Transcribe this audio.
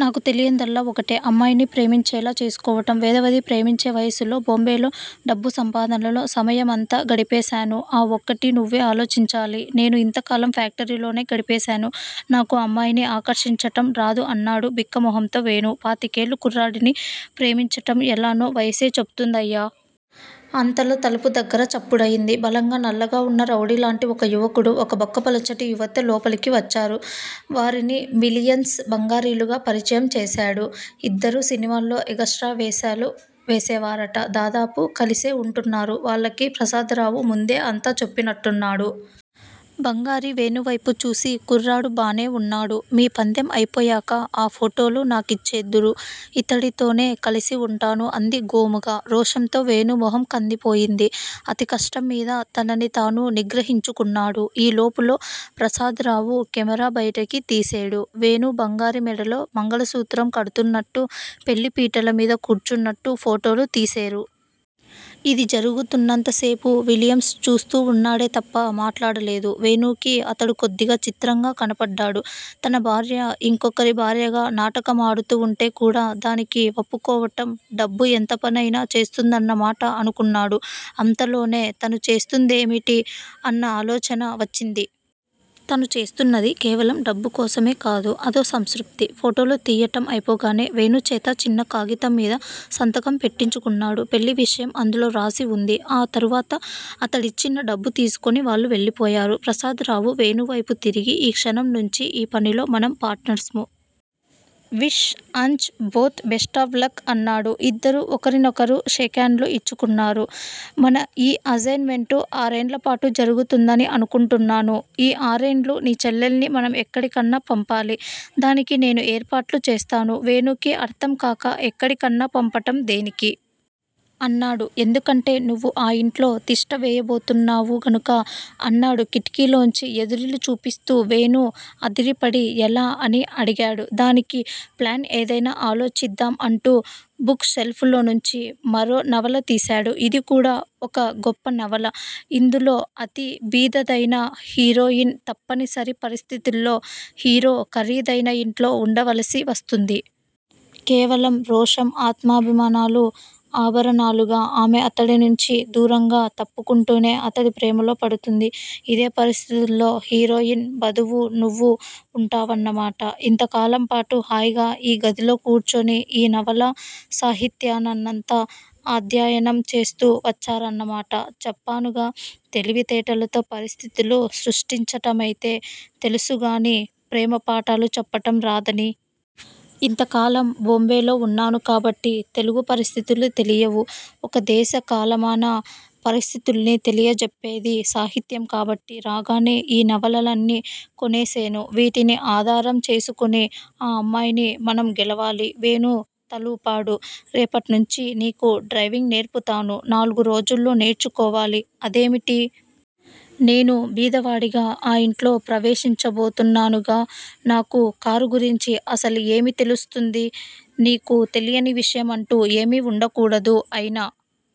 నాకు తెలియనిదల్లా ఒకటే, అమ్మాయిని ప్రేమించేలా చేసుకోవటం వెధవది ప్రేమించే వయసులో బోంబేలో డబ్బు సంపాదనలో సమయం అంతా గడిపేశాను. ఆ ఒక్కటీ నువ్వే ఆలోచించాలి నేను ఇంతకాలం ఫ్యాక్టరీలోనే గడిపేశాను. నాకూ అమ్మాయిని ఆకర్షించటం రాదు అన్నాడు బిక్కమొహంతో వేణు. పాతికేళ్ళ కుర్రాడిని ప్రేమించటం ఎలానో వయసే చెప్తుందయ్యా. అంతలో తలుపు దగ్గిర చప్పుడయింది. బలంగా నల్లగా వున్న రౌడీలాంటి ఒక యువకుడు, ఒక బక్కపలచటి యువతి లోపలికి వచ్చారు. వారిని విలియమ్స్, బంగారీలుగా పరిచయం చేశాడు. ఇద్దరూ సినిమాల్లో ఎగస్ట్రా వేషాలు వేసేవారట. దాదాపు కలిసే వుంటున్నారు. వాళ్ళకి ప్రసాదరావు ముందే అంతా చెప్పినట్టున్నాడు. బంగారి వేణువైపు చూసి, కుర్రాడు బానే వున్నాడు. మీ పందెం అయిపోయాక ఆ ఫోటోలు నాకిచ్చేద్దురూ! ఇతడితోనే కలిసి వుంటాను అంది గోముగా. రోషంతో వేణు మొహం కందిపోయింది. అతి కష్టంమీద తనని తాను నిగ్రహించుకున్నాడు. ఈ లోపులో ప్రసాదరావు కెమేరా బయటికి తీసేడు. వేణు బంగారి మెడలో మంగళసూత్రం కడ్తున్నట్టూ, పెళ్ళి పీటలమీద కూర్చున్నట్టూ ఫోటోలు తీసేరు. ఇది జరుగుతున్నంతసేపూ విలియమ్స్ చూస్తూ వున్నాడే తప్ప మాట్లాడలేదు. వేణూకి అతడు కొద్దిగా చిత్రంగా కనపడ్డాడు. తన భార్య ఇంకొకరి భార్యగా నాటక మాడుతూ వుంటే కూడా దానికి వప్పుకోవటం డబ్బు ఎంతపనయినా చేయిస్తుందన్న మాట_ అనుకున్నాడు. అంతలోనే, తను చేస్తున్నదేమిటి అన్న ఆలోచన వచ్చింది. తను చేస్తున్నది కేవలం డబ్బు కోసమే కాదు. అదో సంతృప్తి. ఫోటోలు తియ్యటం అయిపోగానే, వేణు చేత చిన్న కాగితంమీద సంతకం పెట్టించుకున్నాడు. పెళ్ళి విషయం అందులో వ్రాసి వుంది. ఆ తరువాత అతడిచ్చిన డబ్బు తీసుకుని వాళ్ళు వెళ్ళిపోయారు. ప్రసాదరావు వేణువైపు తిరిగి, ఈ క్షణం నుంచీ ఈ పనిలో మనం పార్టనర్స్ ము. విష్ అంజ్ బోత్ బెస్టాఫ్ లక్ అన్నాడు. ఇద్దరూ ఒకరికొకరు షేక్ హాండ్ లు యిచ్చుకున్నారు. మన ఈ అసైన్ మెంటు ఆర్నెల్లపాటు జరుగుతుందని అనుకుంటున్నాను. ఈ ఆర్నెలలూ నీ చెల్లెల్ని మనం ఎక్కడికన్నా పంపాలి. దానికి నేను ఏర్పాట్లు చేస్తాను. వేణుకి అర్ధంకాక, ఎక్కడికన్నా పంపటం దేనికి? అన్నాడు. ఎందుకంటే_ నువ్వు ఆ యింట్లో తిష్ట వేయబోతున్నావు గనుక అన్నాడు కిటికీలోంచి ఎదిరిల్లు చూపిస్తూ. వేణు అదిరిపడి, ఎలా? అని అడిగాడు. దానికి ప్లాన్ ఏదైనా ఆలోచిద్దాం అంటూ బుక్ షెల్పులోంచి మరో నవల తీశాడు__ ఇదికూడా ఒక గొప్ప నవల. ఇందులో అతి బీదదైన హీరోయిన్ తప్పనిసరి పరిస్థితుల్లో హీరో ఖరీదైన ఇంట్లో వుండవలసి వస్తుంది. కేవలం రోషం, ఆత్మాభిమానాలు ఆభరణాలుగా ఆమె అతడినించి దూరంగా తప్పుకుంటూనే అతడి ప్రేమలో పడుతుంది. ఇదే పరిస్థితుల్లో హీరోయిన్ బదువు నువ్వు వుంటావన్నమాట. ఇంతకాలంపాటు హాయిగా ఈ గదిలో కూర్చుని ఈ నవలా సాహిత్యాన్నంతా ఆధ్యయనం చేస్తూ వచ్చారన్నమాట. చెప్పానుగా! తెలివితేటలతో పరిస్థితులు సృష్టించటమైతే తెలుసుగానీ_ ప్రేమ పాఠాలు చెప్పటం రాదని. ఇంతకాలం బోంబేలో వున్నాను కాబట్టి తెలుగు పరిస్థితులు తెలియవు. ఒక దేశ కాలమాన పరిస్థితుల్ని తెలియజెప్పేది సాహిత్యం కాబట్టి, రాగానే ఈ నవలలన్నీ కొనేసేను. వీటిని ఆధారం చేసుకుని ఆ అమ్మాయిని మనం గెలవాలి. వేణు తలూపాడు. రేపట్నుంచి నీకు డ్రైవింగ్ నేర్పుతాను. నాల్గు రోజుల్లో నేర్చేసుకోవాలి అదేమిటీ? నేను బీదవాడిగా ఆ ఇంట్లో ప్రవేశించబోతున్నానుగా! నాకు కారు గురించి అసలేమి తెలుస్తుంది? నీకు తెలియని విషయం అంటూ ఏమీ ఉండకూడదు. అయినా